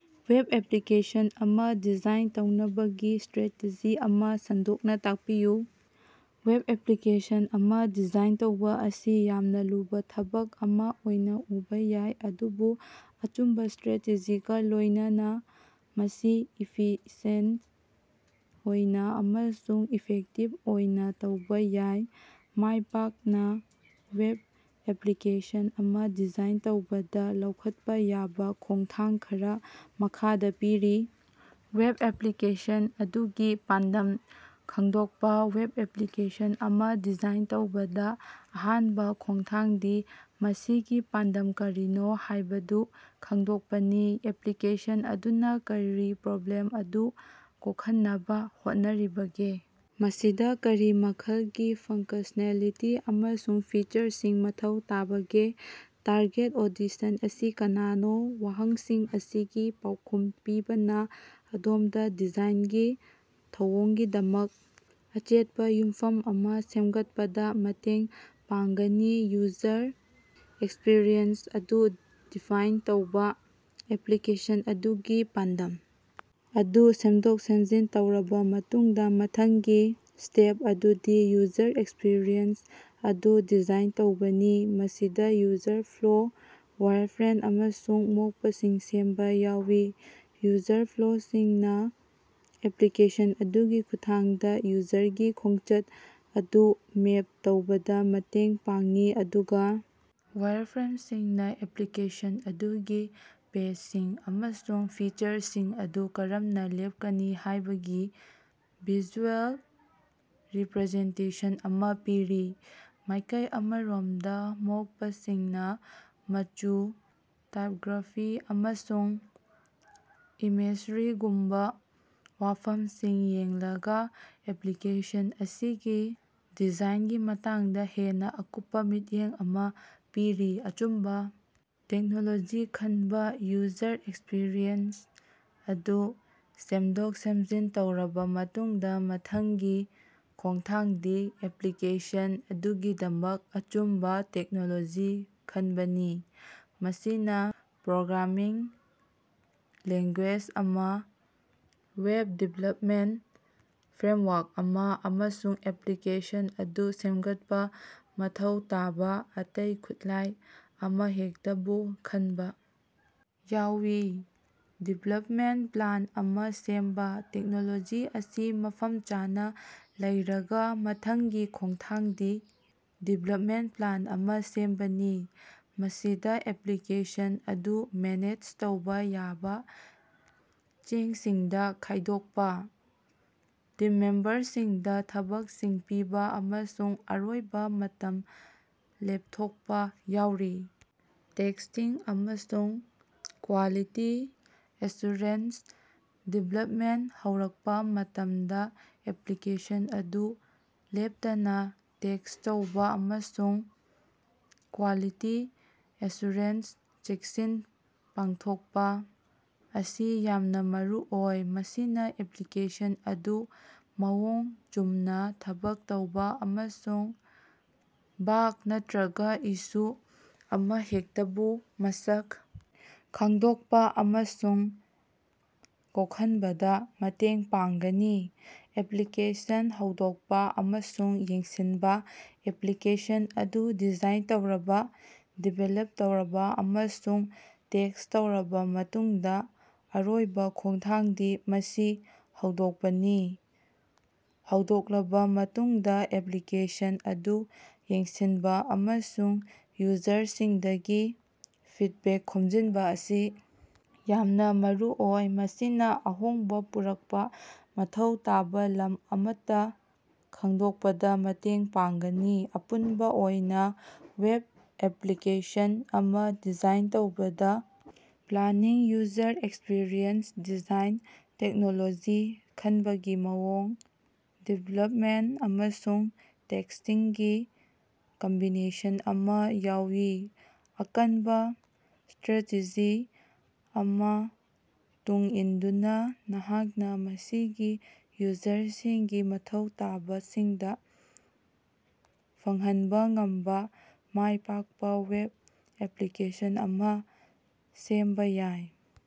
Web application ꯑꯃ design ꯇꯧꯅꯕꯒꯤ strategy ꯑꯃ ꯁꯟꯗꯣꯛꯅ ꯇꯥꯛꯄꯤꯌꯨ꯫ ꯋꯦꯕ ꯑꯦꯄꯂꯤꯀꯦꯁꯟ ꯑꯃ ꯗꯤꯖꯥꯏꯟ ꯇꯧꯕ ꯑꯁꯤ ꯌꯥꯝꯅ ꯂꯨꯕ ꯊꯕꯛ ꯑꯃ ꯑꯣꯏꯅ ꯎꯕ ꯌꯥꯏ, ꯑꯗꯨꯕꯨ ꯑꯆꯨꯝꯕ ꯁ꯭ꯇꯔꯥꯇꯦꯖꯤꯒ ꯂꯣꯏꯅꯅ ꯃꯁꯤ ꯏꯐꯤꯁꯤꯑꯦꯟꯇ ꯑꯣꯏꯅ ꯑꯃꯁꯨꯡ ꯏꯐꯦꯛꯇꯤꯕ ꯑꯣꯏꯅ ꯇꯧꯕ ꯌꯥꯏ꯫ ꯃꯥꯏꯄꯥꯛꯅ ꯋꯦꯕ ꯑꯦꯄꯂꯤꯀꯦꯁꯟ ꯑꯃ ꯗꯤꯖꯥꯏꯟ ꯇꯧꯕꯗ ꯂꯧꯈꯠꯄ ꯌꯥꯕ ꯈꯣꯡꯊꯥꯡ ꯈꯔꯥ ꯃꯈꯥꯗꯥ ꯄꯤꯔꯤ: ꯋꯦꯕ ꯑꯦꯄꯂꯤꯀꯦꯁꯟ ꯑꯗꯨꯒꯤ ꯄꯥꯟꯗꯝ ꯈꯪꯗꯣꯛꯄ: ꯋꯦꯕ ꯑꯦꯄꯂꯤꯀꯦꯁꯟ ꯑꯃ ꯗꯤꯖꯥꯏꯟ ꯇꯧꯕꯗ ꯑꯍꯥꯟꯕ ꯈꯣꯡꯊꯥꯡꯗꯤ ꯃꯁꯤꯒꯤ ꯄꯥꯟꯗꯝ ꯀꯔꯤꯅꯣ ꯍꯥꯏꯕꯗꯨ ꯈꯪꯗꯣꯛꯄꯅꯤ꯫ ꯑꯦꯄꯂꯤꯀꯦꯁꯟ ꯑꯗꯨꯅ ꯀꯔꯤ ꯄ꯭ꯔꯣꯕ꯭ꯂꯦꯝ ꯑꯗꯨ ꯀꯣꯛꯍꯟꯅꯕ ꯍꯣꯠꯅꯔꯤꯕꯒꯦ? ꯃꯁꯤꯗ ꯀꯔꯤ ꯃꯈꯜꯒꯤ ꯐꯪꯀꯁꯅꯦꯂꯤꯇꯤ ꯑꯃꯁꯨꯡ ꯐꯤꯆꯔꯁꯤꯡ ꯃꯊꯧ ꯇꯥꯕꯒꯦ? ꯇꯥꯔꯒꯦꯠ ꯑꯣꯗꯤꯁꯟ ꯑꯁꯤ ꯀꯅꯥꯅꯣ? ꯋꯥꯍꯪꯁꯤꯡ ꯑꯁꯤꯒꯤ ꯄꯥꯎꯈꯨꯝ ꯄꯤꯕꯅ ꯑꯗꯣꯝꯗ ꯗꯤꯖꯥꯏꯟꯒꯤ ꯊꯧꯑꯣꯡꯒꯤꯗꯃꯛ ꯑꯆꯦꯠꯄ ꯌꯨꯝꯐꯝ ꯑꯃ ꯁꯦꯝꯒꯠꯄꯗ ꯃꯇꯦꯡ ꯄꯥꯡꯒꯅꯤ꯫ ꯌꯨꯖꯔ ꯑꯦꯛꯁꯄꯤꯔꯤꯑꯦꯟꯁ ꯑꯗꯨ ꯗꯤꯐꯥꯏꯟ ꯇꯧꯕ: ꯑꯦꯄꯂꯤꯀꯦꯁꯟ ꯑꯗꯨꯒꯤ ꯄꯥꯟꯗꯝ ꯑꯗꯨ ꯁꯦꯝꯗꯣꯛ-ꯁꯦꯝꯖꯤꯟ ꯇꯧꯔꯕ ꯃꯇꯨꯡꯗ ꯃꯊꯪꯒꯤ ꯁ꯭ꯇꯦꯞ ꯑꯗꯨꯗꯤ ꯌꯨꯖꯔ ꯑꯦꯛꯁꯄꯤꯔꯤꯑꯦꯟꯁ ꯑꯗꯨ ꯗꯤꯖꯥꯏꯟ ꯇꯧꯕꯅꯤ꯫ ꯃꯁꯤꯗ ꯌꯨꯖꯔ ꯐ꯭ꯂꯣ, ꯋꯥꯏꯔꯐ꯭ꯔꯦꯝ, ꯑꯃꯁꯨꯡ ꯃꯣꯛꯄꯁꯤꯡ ꯁꯦꯝꯕ ꯌꯥꯎꯏ꯫ ꯌꯨꯖꯔ ꯐ꯭ꯂꯣꯁꯤꯡꯅ ꯑꯦꯄꯂꯤꯀꯦꯁꯟ ꯑꯗꯨꯒꯤ ꯈꯨꯠꯊꯥꯡꯗ ꯌꯨꯖꯔꯒꯤ ꯈꯣꯡꯆꯠ ꯑꯗꯨ ꯃꯦꯞ ꯇꯧꯕꯗ ꯃꯇꯦꯡ ꯄꯥꯡꯏ, ꯑꯗꯨꯒ ꯋꯥꯏꯔꯐ꯭ꯔꯦꯝꯁꯤꯡꯅ ꯑꯦꯄꯂꯤꯀꯦꯁꯟ ꯑꯗꯨꯒꯤ ꯄꯦꯖꯁꯤꯡ ꯑꯃꯁꯨꯡ ꯐꯤꯆꯔꯁꯤꯡ ꯑꯗꯨ ꯀꯔꯝꯅ ꯂꯦꯞꯀꯅꯤ ꯍꯥꯏꯕꯒꯤ ꯚꯤꯖꯨꯑꯦꯜ ꯔꯤꯄꯔꯖꯦꯟꯇꯦꯁꯟ ꯑꯃ ꯄꯤꯔꯤ꯫ ꯃꯥꯏꯀꯩ ꯑꯃꯔꯣꯝꯗ ꯃꯣꯛꯄꯁꯤꯡꯅ ꯃꯆꯨ, ꯇꯥꯏꯄꯒ꯭ꯔꯥꯐꯤ, ꯑꯃꯁꯨꯡ ꯏꯃꯦꯖꯔꯤꯒꯨꯝꯕ ꯋꯥꯐꯝꯁꯤꯡ ꯌꯦꯡꯂꯒ ꯑꯦꯄꯂꯤꯀꯦꯁꯟ ꯑꯁꯤꯒꯤ ꯗꯤꯖꯥꯏꯅꯒꯤ ꯃꯇꯥꯡꯗ ꯍꯦꯟꯅ ꯑꯀꯨꯞꯄ ꯃꯤꯠꯌꯦꯡ ꯑꯃ ꯄꯤꯔꯤ꯫ ꯑꯆꯨꯝꯕ ꯇꯦꯛꯅꯣꯂꯣꯖꯤ ꯈꯟꯕ: ꯌꯨꯖꯔ ꯑꯦꯛꯁꯄꯤꯔꯤꯑꯦꯟꯁ ꯑꯗꯨ ꯁꯦꯝꯗꯣꯛ-ꯁꯦꯝꯖꯤꯟ ꯇꯧꯔꯕ ꯃꯇꯨꯡꯗ ꯃꯊꯪꯒꯤ ꯈꯣꯡꯊꯥꯡꯗꯤ ꯑꯦꯄꯂꯤꯀꯦꯁꯟ ꯑꯗꯨꯒꯤꯗꯃꯛ ꯑꯆꯨꯝꯕ ꯇꯦꯛꯅꯣꯂꯣꯖꯤ ꯈꯟꯕꯅꯤ꯫ ꯃꯁꯤꯗ ꯄ꯭ꯔꯣꯒ꯭ꯔꯥꯃꯤꯡ ꯂꯦꯡꯒꯨꯌꯦꯖ ꯑꯃ, ꯋꯦꯕ ꯗꯤꯚꯦꯂꯄꯃꯦꯟꯇ ꯐ꯭ꯔꯦꯝꯋꯥꯔꯛ ꯑꯃ, ꯑꯃꯁꯨꯡ ꯑꯦꯄꯂꯤꯀꯦꯁꯟ ꯑꯗꯨ ꯁꯦꯝꯒꯠꯄꯗ ꯃꯊꯧ ꯇꯥꯕꯥ ꯑꯇꯩ ꯈꯨꯠꯂꯥꯏ ꯑꯃꯍꯦꯛꯇꯕꯨ ꯈꯟꯕ ꯌꯥꯎꯏ꯫ ꯗꯤꯕꯦꯂꯄꯃꯦꯟꯇ ꯄ꯭ꯂꯥꯟ ꯑꯃ ꯁꯦꯝꯕ: ꯇꯦꯛꯅꯣꯂꯣꯖꯤ ꯑꯁꯤ ꯃꯐꯝ ꯆꯥꯅ ꯂꯩꯔꯒ ꯃꯊꯪꯒꯤ ꯈꯣꯡꯊꯥꯡꯗꯤ ꯗꯤꯕꯦꯂꯄꯃꯦꯟꯇ ꯄ꯭ꯂꯥꯟ ꯑꯃ ꯁꯦꯝꯕꯅꯤ꯫ ꯃꯁꯤꯗ ꯑꯦꯄꯂꯤꯀꯦꯁꯟ ꯑꯗꯨ ꯃꯦꯅꯦꯖ ꯇꯧꯕ ꯌꯥꯕ ꯆꯦꯡꯁꯤꯡꯗ ꯈꯥꯏꯗꯣꯛꯄ, ꯇꯤꯝ ꯃꯦꯝꯕꯔꯁꯤꯡꯗ ꯊꯕꯛꯁꯤꯡ ꯄꯤꯕ ꯑꯃꯁꯨꯡ ꯑꯔꯣꯏꯕ ꯃꯇꯝ ꯂꯦꯞꯊꯣꯛꯄ ꯌꯥꯎꯔꯤ꯫ ꯇꯦꯁ꯭ꯇꯤꯡ ꯑꯃꯁꯨꯡ ꯀ꯭ꯕꯥꯂꯤꯇꯤ ꯑꯦꯁꯨꯔꯦꯟꯁ: ꯗꯤꯕꯦꯂꯄꯃꯦꯟꯇ ꯍꯧꯔꯛꯄ ꯃꯇꯝꯗ ꯑꯦꯄꯂꯤꯀꯦꯁꯟ ꯑꯗꯨ ꯂꯦꯞꯇꯅ ꯇꯦꯁ꯭ꯠ ꯇꯧꯕ ꯑꯃꯁꯨꯡ ꯀ꯭ꯕꯥꯂꯤꯇꯤ ꯑꯦꯁꯨꯔꯦꯟꯁ ꯆꯦꯛꯁꯤꯡ ꯄꯥꯡꯊꯣꯛꯄ ꯑꯁꯤ ꯌꯥꯝꯅ ꯃꯔꯨꯑꯣꯏ꯫ ꯃꯁꯤꯅ ꯑꯦꯄꯂꯤꯀꯦꯁꯟ ꯑꯗꯨ ꯃꯑꯣꯡ ꯆꯨꯝꯅ ꯊꯕꯛ ꯇꯧꯕ ꯑꯃꯁꯨꯡ ꯕꯥꯒ ꯅꯠꯇꯔꯒ ꯏꯁꯨ ꯑꯃꯍꯦꯛꯇꯕꯨ ꯃꯁꯛ ꯈꯪꯗꯣꯛꯄ ꯑꯃꯁꯨꯡ ꯀꯣꯛꯍꯟꯕꯗ ꯃꯇꯦꯡ ꯄꯥꯡꯒꯅꯤ꯫ ꯑꯦꯄꯂꯤꯀꯦꯁꯟ ꯍꯧꯗꯣꯛꯄ ꯑꯃꯁꯨꯡ ꯌꯦꯡꯁꯤꯟꯕ: ꯑꯦꯄꯂꯤꯀꯦꯁꯟ ꯑꯗꯨ ꯗꯤꯖꯥꯏꯟ ꯇꯧꯔꯕ, ꯗꯤꯕꯦꯂꯞ ꯇꯧꯔꯕ ꯑꯃꯁꯨꯡ ꯇꯦꯁ꯭ꯠ ꯇꯧꯔꯕ ꯃꯇꯨꯡꯗ ꯑꯔꯣꯏꯕ ꯈꯣꯡꯊꯥꯡꯗꯤ ꯃꯁꯤ ꯍꯧꯗꯣꯛꯄꯅꯤ꯫ ꯍꯧꯗꯣꯛꯂꯕ ꯃꯇꯨꯡꯗ ꯑꯦꯄꯂꯤꯀꯦꯁꯟ ꯑꯗꯨ ꯌꯦꯡꯁꯤꯟꯕ ꯑꯃꯁꯨꯡ ꯌꯨꯖꯔꯁꯤꯡꯗꯒꯤ ꯐꯤꯗꯕꯦꯛ ꯈꯣꯝꯖꯤꯟꯕ ꯑꯁꯤ ꯌꯥꯝꯅ ꯃꯔꯨꯑꯣꯏ꯫ ꯃꯁꯤꯅ ꯑꯍꯣꯡꯕ ꯄꯨꯔꯛꯄ ꯃꯊꯧ ꯇꯥꯕ ꯂꯝ ꯑꯃꯠꯇ ꯈꯪꯗꯣꯛꯄꯗ ꯃꯇꯦꯡ ꯄꯥꯡꯒꯅꯤ꯫ ꯑꯄꯨꯟꯕ ꯑꯣꯏꯅ ꯋꯦꯕ ꯑꯦꯄꯂꯤꯀꯦꯁꯟ ꯑꯃ ꯗꯤꯖꯥꯏꯟ ꯇꯧꯕꯗꯥ planning, user experience design, technology ꯈꯟꯕꯒꯤ ꯃꯑꯣꯡ, ꯗꯤꯕꯦꯂꯄꯃꯦꯟꯇ, ꯑꯃꯁꯨꯡ ꯇꯦꯁ꯭ꯇꯤꯡꯒꯤ ꯀꯝꯕꯤꯅꯦꯁꯟ ꯑꯃ ꯌꯥꯎꯏ꯫ ꯑꯀꯟꯕꯥ ꯁ꯭ꯇꯔꯥꯇꯦꯖꯤ ꯑꯃ ꯇꯨꯡ ꯏꯟꯗꯨꯅ, ꯅꯍꯥꯛꯅ ꯃꯁꯤꯒꯤ ꯌꯨꯖꯔꯁꯤꯡꯒꯤ ꯃꯊꯧ ꯇꯥꯕꯁꯤꯡꯗꯨ ꯐꯪꯍꯟꯕ ꯉꯝꯕ ꯃꯥꯏꯄꯥꯛꯄ ꯋꯦꯕ ꯑꯦꯄꯂꯤꯀꯦꯁꯟ ꯑꯃ ꯁꯦꯝꯕ ꯌꯥꯏ꯫।